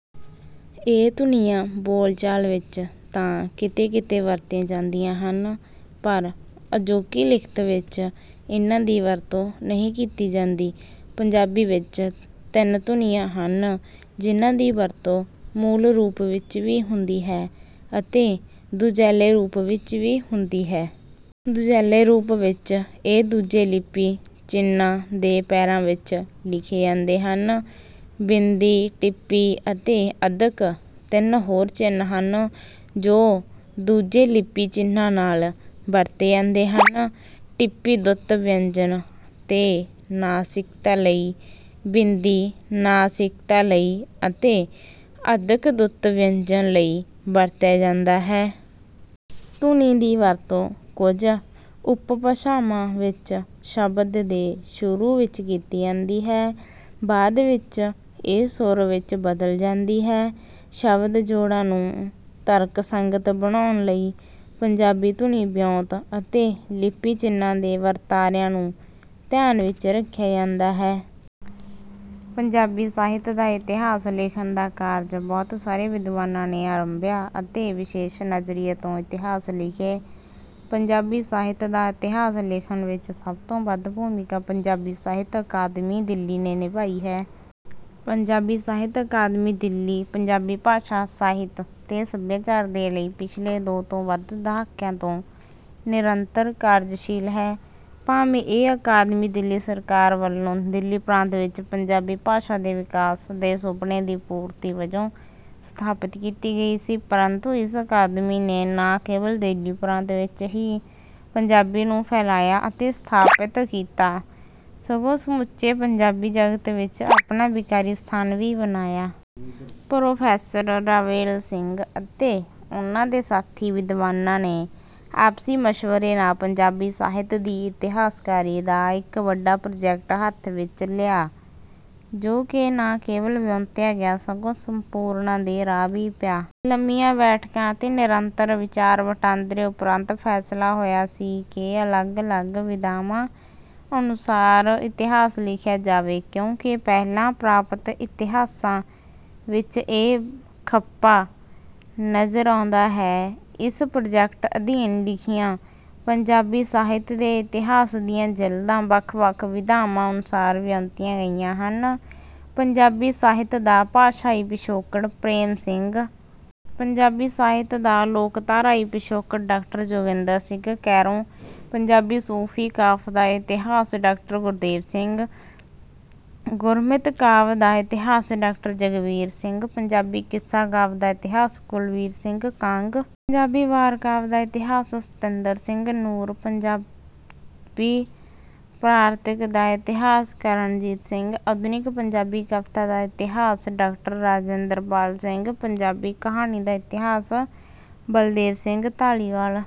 ਇਹ ਧੁਨੀਆਂ ਬੋਲਚਾਲ ਵਿੱਚ ਤਾਂ ਕਿਤੇ-ਕਿਤੇ ਵਰਤੀਆਂ ਜਾਂਦੀਆਂ ਹਨ, ਪਰ ਅਜੋਕੀ ਲਿਖਤ ਵਿੱਚ ਇਨ੍ਹਾਂ ਦੀ ਵਰਤੋਂ ਨਹੀਂ ਕੀਤੀ ਜਾਂਦੀ। ਪੰਜਾਬੀ ਵਿੱਚ ਤਿੰਨ ਧੁਨੀਆਂ ਹਨ, ਜਿਨ੍ਹਾਂ ਦੀ ਵਰਤੋਂ ਮੂਲ ਰੂਪ ਵਿੱਚ ਵੀ ਹੁੰਦੀ ਹੈ ਅਤੇ ਦੁਜੈਲੇ ਰੂਪ ਵਿੱਚ ਵੀ ਹੁੰਦੀ ਹੈ। ਦੁਜੈਲੇ ਰੂਪ ਵਿੱਚ ਇਹ ਦੂਜੇ ਲਿਪੀ ਚਿੰਨ੍ਹਾਂ ਦੇ ਪੈਰਾਂ ਵਿੱਚ ਲਿਖੇ ਜਾਂਦੇ ਹਨ। ਬਿੰਦੀ, ਟਿੱਪੀ ਅਤੇ ਅੱਧਕ ਤਿੰਨ ਹੋਰ ਚਿੰਨ੍ਹ ਹਨ, ਜੋ ਦੂਜੇ ਲਿਪੀ ਚਿੰਨ੍ਹਾਂ ਨਾਲ ਵਰਤੇ ਜਾਂਦੇ ਹਨ। ਟਿੱਪੀ ਦੁੱਤ ਵਿਅੰਜਨ ਤੇ ਨਾਸਿਕਤਾ ਲਈ, ਬਿੰਦੀ ਨਾਸਿਕਤਾ ਲਈ ਅਤੇ ਅੱਧਕ ਦੁੱਤ ਵਿਅੰਜਨ ਲਈ ਵਰਤਿਆ ਜਾਂਦਾ ਹੈ। ਧੁਨੀ ਦੀ ਵਰਤੋਂ ਕੁਝ ਉਪਭਾਸ਼ਾਵਾਂ ਵਿੱਚ ਸ਼ਬਦ ਦੇ ਸ਼ੁਰੂ ਵਿੱਚ ਕੀਤੀ ਜਾਂਦੀ ਹੈ। ਬਾਅਦ ਵਿੱਚ ਇਹ ਸੁਰ ਵਿੱਚ ਬਦਲ ਜਾਂਦੀ ਹੈ। ਸ਼ਬਦ-ਜੋੜਾਂ ਨੂੰ ਤਰਕਸੰਗਤ ਬਣਾਉਣ ਲਈ ਪੰਜਾਬੀ ਧੁਨੀ-ਵਿਉਂਤ ਅਤੇ ਲਿਪੀ ਚਿੰਨ੍ਹਾਂ ਦੇ ਵਰਤਾਰਿਆਂ ਨੂੰ ਧਿਆਨ ਵਿੱਚ ਰੱਖਿਆ ਜਾਂਦਾ ਹੈ। ਪੰਜਾਬੀ ਸਾਹਿਤ ਦਾ ਇਤਿਹਾਸ ਲਿਖਣ ਦਾ ਕਾਰਜ ਬਹੁਤ ਸਾਰੇ ਵਿਦਵਾਨਾਂ ਨੇ ਆਰੰਭਿਆ ਅਤੇ ਵਿਸ਼ੇਸ਼ ਨਜ਼ਰੀਏ ਤੋਂ ਇਤਿਹਾਸ ਲਿਖੇ। ਪੰਜਾਬੀ ਸਾਹਿਤ ਦਾ ਇਤਿਹਾਸ ਲਿਖਣ ਵਿੱਚ ਸਭ ਤੋਂ ਵੱਧ ਭੂਮਿਕਾ ਪੰਜਾਬੀ ਸਾਹਿਤ ਅਕਾਦਮੀ, ਦਿੱਲੀ ਨੇ ਨਿਭਾਈ ਹੈ। ਪੰਜਾਬੀ ਸਾਹਿਤ ਅਕਾਦਮੀ, ਦਿੱਲੀ, ਪੰਜਾਬੀ ਭਾਸ਼ਾ, ਸਾਹਿਤ ਤੇ ਸੱਭਿਆਚਾਰ ਦੇ ਲਈ ਪਿਛਲੇ ਦੋ ਤੋਂ ਵੱਧ ਦਹਾਕਿਆਂ ਤੋਂ ਨਿਰੰਤਰ ਕਾਰਜਸ਼ੀਲ ਹੈ। ਭਾਵੇਂ ਇਹ ਅਕਾਦਮੀ ਦਿੱਲੀ ਸਰਕਾਰ ਵੱਲੋਂ ਦਿੱਲੀ ਪ੍ਰਾਂਤ ਵਿੱਚ ਪੰਜਾਬੀ ਭਾਸ਼ਾ ਦੇ ਵਿਕਾਸ ਦੇ ਸੁਪਨੇ ਦੀ ਪੂਰਤੀ ਵਜੋਂ ਸਥਾਪਿਤ ਕੀਤੀ ਗਈ ਸੀ, ਪਰੰਤੂ ਇਸ ਅਕਾਦਮੀ ਨੇ ਨਾ ਕੇਵਲ ਦਿੱਲੀ ਪ੍ਰਾਂਤ ਵਿੱਚ ਹੀ ਪੰਜਾਬੀ ਨੂੰ ਫੈਲਾਇਆ ਤੇ ਸਥਾਪਿਤ ਕੀਤਾ, ਸਗੋਂ ਸਮੁੱਚੇ ਪੰਜਾਬੀ ਜਗਤ ਵਿੱਚ ਆਪਣਾ ਵਕਾਰੀ ਸਥਾਨ ਵੀ ਬਣਾਇਆ। ਪ੍ਰੋਫ਼ੈਸਰ ਰਵੇਲ ਸਿੰਘ ਅਤੇ ਉਹਨਾਂ ਦੇ ਸਾਥੀ ਵਿਦਵਾਨਾਂ ਨੇ ਆਪਸੀ ਮਸ਼ਵਰੇ ਨਾਲ ਪੰਜਾਬੀ ਸਾਹਿਤ ਦੀ ਇਤਿਹਾਸਕਾਰੀ ਦਾ ਇੱਕ ਵੱਡਾ ਪ੍ਰੋਜੈਕਟ ਹੱਥ ਵਿੱਚ ਲਿਆ, ਜੋ ਕਿ ਨਾ ਕੇਵਲ ਵਿਉਂਤਿਆ ਗਿਆ, ਸਗੋਂ ਸੰਪੂਰਨਤਾ ਦੇ ਰਾਹ ਵੀ ਪਿਆ। ਲੰਮੀਆਂ ਬੈਠਕਾਂ ਅਤੇ ਨਿਰੰਤਰ ਵਿਚਾਰ-ਵਟਾਂਦਰੇ ਉਪਰੰਤ ਫ਼ੈਸਲਾ ਹੋਇਆ ਸੀ ਕਿ ਅਲੱਗ-ਅਲੱਗ ਵਿਧਾਵਾਂ ਅਨੁਸਾਰ ਇਤਿਹਾਸ ਲਿਖਿਆ ਜਾਵੇ, ਕਿਉਂਕਿ ਪਹਿਲਾਂ ਪ੍ਰਾਪਤ ਇਤਿਹਾਸਾਂ ਵਿੱਚ ਇਹ ਖੱਪਾ ਨਜ਼ਰ ਆਉਂਦਾ ਹੈ। ਇਸ ਪ੍ਰੋਜੈਕਟ ਅਧੀਨ ਲਿਖੀਆਂ ਪੰਜਾਬੀ ਸਾਹਿਤ ਦੇ ਇਤਿਹਾਸ ਦੀਆਂ ਜਿਲਦਾਂ ਵੱਖ-ਵੱਖ ਵਿਧਾਵਾਂ ਅਨੁਸਾਰ ਵਿਉਂਤੀਆਂ ਗਈਆਂ ਹਨ: ਪੰਜਾਬੀ ਸਾਹਿਤ ਦਾ ਭਾਸ਼ਾਈ ਪਿਛੋਕੜ-- ਪ੍ਰੇਮ ਸਿੰਘ। ਪੰਜਾਬੀ ਸਾਹਿਤ ਦਾ ਲੋਕਧਾਰਾਈ ਪਿਛੋਕੜ -- ਡਾਕਟਰ ਜੋਗਿੰਦਰ ਸਿੰਘ ਕੈਰੋਂ। ਪੰਜਾਬੀ ਸੂਫ਼ੀ ਕਾਵਿ ਦਾ ਇਤਿਹਾਸ — ਡਾਕਟਰ. ਗੁਰਦੇਵ ਸਿੰਘ। ਗੁਰਮਤਿ ਕਾਵਿ ਦਾ ਇਤਿਹਾਸ -ਡਾਕਟਰ. ਜਗਬੀਰ ਸਿੰਘ। ਪੰਜਾਬੀ ਕਿੱਸਾ ਕਾਵਿ ਦਾ ਇਤਿਹਾਸ — ਕੁਲਬੀਰ ਸਿੰਘ ਕਾਂਗ। ਪੰਜਾਬੀ ਵਾਰ ਕਾਵਿ ਦਾ ਇਤਿਹਾਸ — ਸਤਿੰਦਰ ਸਿੰਘ ਨੂਰ। ਪੁਰਾਤਨ ਪੰਜਾਬੀ ਵਾਰਤਕ ਦਾ ਇਤਿਹਾਸ — ਕਰਨਜੀਤ ਸਿੰਘ। ਆਧੁਨਿਕ ਪੰਜਾਬੀ ਕਵਿਤਾ ਦਾ ਇਤਿਹਾਸ — ਡਾਕਟਰ. ਰਾਜਿੰਦਰ ਪਾਲ ਸਿੰਘ। ਪੰਜਾਬੀ ਕਹਾਣੀ ਦਾ ਇਤਿਹਾਸ — ਬਲਦੇਵ ਸਿੰਘ ਧਾਲੀਵਾਲ।